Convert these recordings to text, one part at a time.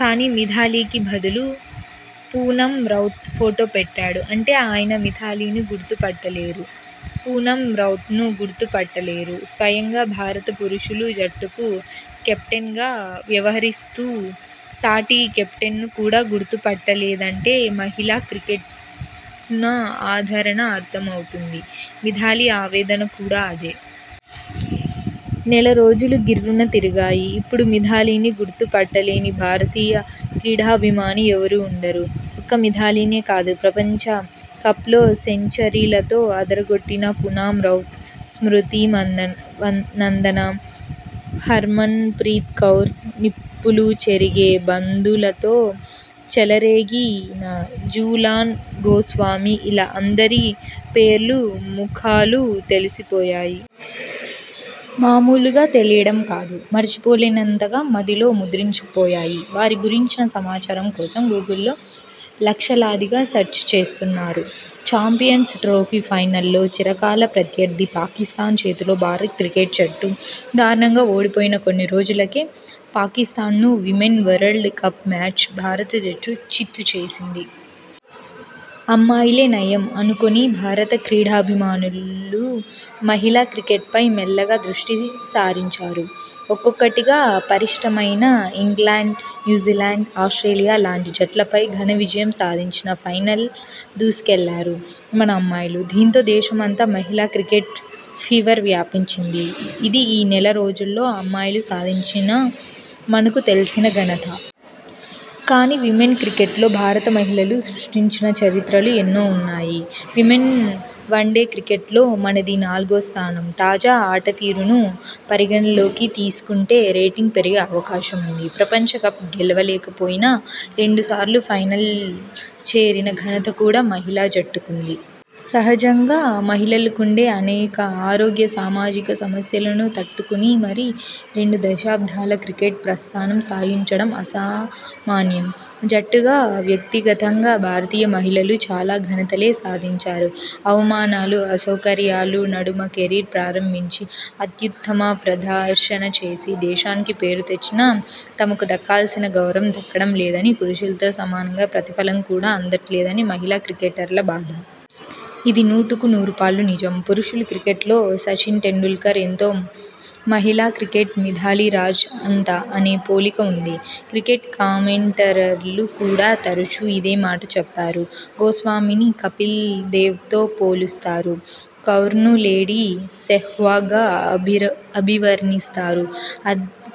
కానీ మిథాలీకి బదులు పూనమ్ రౌత్ ఫోటో పెట్టారు. అంటే ఆయన మిథాలీని గుర్తుపట్టలేరు. పూనమ్ రౌత్ను గుర్తు పట్టలేరు. స్వయంగా భారత పురుషుల జట్టుకు కెప్టెన్గా వ్యవహరిస్తూ సాటి కెప్టెన్ను కూడా గుర్తు పట్టలేదంటే మహిళా క్రికెట్కున్న ఆదరణ అర్థం అవుతుంది. మిథాలీ ఆవేదన కూడా అదే. నెల రోజులు గిర్రున తిరిగాయి. ఇప్పుడు మిథాలీని గుర్తు పట్టలేని భారతీయ క్రీడాభిమాని ఎవరూ ఉండరు. ఒక్క మిథాలీనే కాదు. ప్రపంచ కప్లో సెంచరీలతో అదరగొట్టిన పూనమ్ రౌత్, స్మృతి నందన, హర్మన్ ప్రీత్ కౌర్, నిప్పులు చెరిగే బంతులతో చెలరేగిన జులాన్ గోస్వామి ఇలా అందరి పేర్లూ, ముఖాలూ తెలిసిపోయాయి. మామూలుగా తెలియడం కాదు. మరిచిపోలేనంతగా మదిలో ముద్రించుకుపోయాయి. వారి గురించిన సమాచారం కోసం గూగుల్లో లక్షలాదిగా సెర్చ్ చేస్తున్నారు. ఛాంపియన్స్ ట్రోఫీ– ఫైనల్స్లో చిరకాల ప్రత్యర్థి పాకిస్తాన్ చేతిలో భారత క్రికెట్ జట్టు దారుణంగా ఓడిపోయిన కొన్ని రోజులకే, పాకిస్తాన్ను విమెన్ వరల్డ్ కప్ మ్యాచ్లో భారత జట్టు చిత్తు చేసింది. అమ్మాయిలే నయం అనుకుని భారత క్రీడాభిమానులు మహిళా క్రికెట్పై మెల్లగా దృష్టి సారించారు. ఒక్కొక్కటిగా పటిష్టమైన ఇంగ్లండ్, న్యూజీలాండ్, ఆస్ట్రేలియా లాంటి జట్లపై ఘన విజయం సాధించి ఫైనల్ దూసుకెళ్లారు మన అమ్మాయిలు. దీంతో దేశమంతా మహిళా క్రికెట్ ఫీవర్ వ్యాపించింది. ఇది ఈ నెల రోజుల్లో అమ్మాయిలు సాధించిన మనకు తెలిసిన ఘనత. కానీ విమెన్ క్రికెట్లో భారత మహిళలు సృష్టించిన చరిత్రలు ఎన్నో ఉన్నాయి. విమెన్ వన్డే క్రికెట్లో మనది నాలుగో స్థానం. తాజా ఆటతీరును పరిగణలోకి తీసుకుంటే రేటింగ్ పెరిగే అవకాశం ఉంది. ప్రపంచ కప్ గెలవలేకపోయినా, రెండు సార్లు ఫైనల్ చేరిన ఘనత కూడా మహిళా జట్టుకుంది. సహజంగా మహిళలకుండే అనేక ఆరోగ్య, సామాజిక సమస్యలను తట్టు కుని మరీ రెండు దశాబ్దాల క్రికెట్ ప్రస్థానం సాగించడం అసామాన్యం. జట్టుగా, వ్యక్తిగతంగా భారతీయ మహిళలు చాలా ఘనతలే సాధించారు. అవమనాలు, అసౌకర్యాల నడుమ కెరీర్ ప్రారంభించి అత్యుత్తమ ప్రద ర్శన చేసి, దేశానికి పేరు తెచ్చినా తమకు దక్కాల్సినంత గౌరవం దక్కడం లేదని, పురుషులతో సమానంగా ప్రతిఫలం కూడా అందట్లేదన్నది మహిళా క్రికెటర్ల బాధ. ఇది నూటికి నూరుపాళ్లు నిజం. పురుషుల క్రికెట్లో సచిన్ టెండూల్కర్ ఎంతో మహిళా క్రికెట్లో మిథాలీరాజ్ అంత అనే పోలిక ఉంది. క్రికెట్ కామెంటేటర్లు కూడా తరచూ ఇదే మాట చెప్పారు. గోస్వామిని కపిల్ దేవ్తో పోలుస్తారు. కౌర్ను లేడీ సెహ్వాగ్గా అభివర్ణిస్తారు.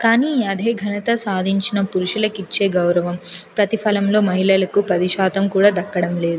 కానీ అదే ఘనత సాధించిన పురుషులకిచ్చే గౌరవం, ప్రతిఫలంలో మహిళలకు పది శాతం కూడా దక్కడం లేదు.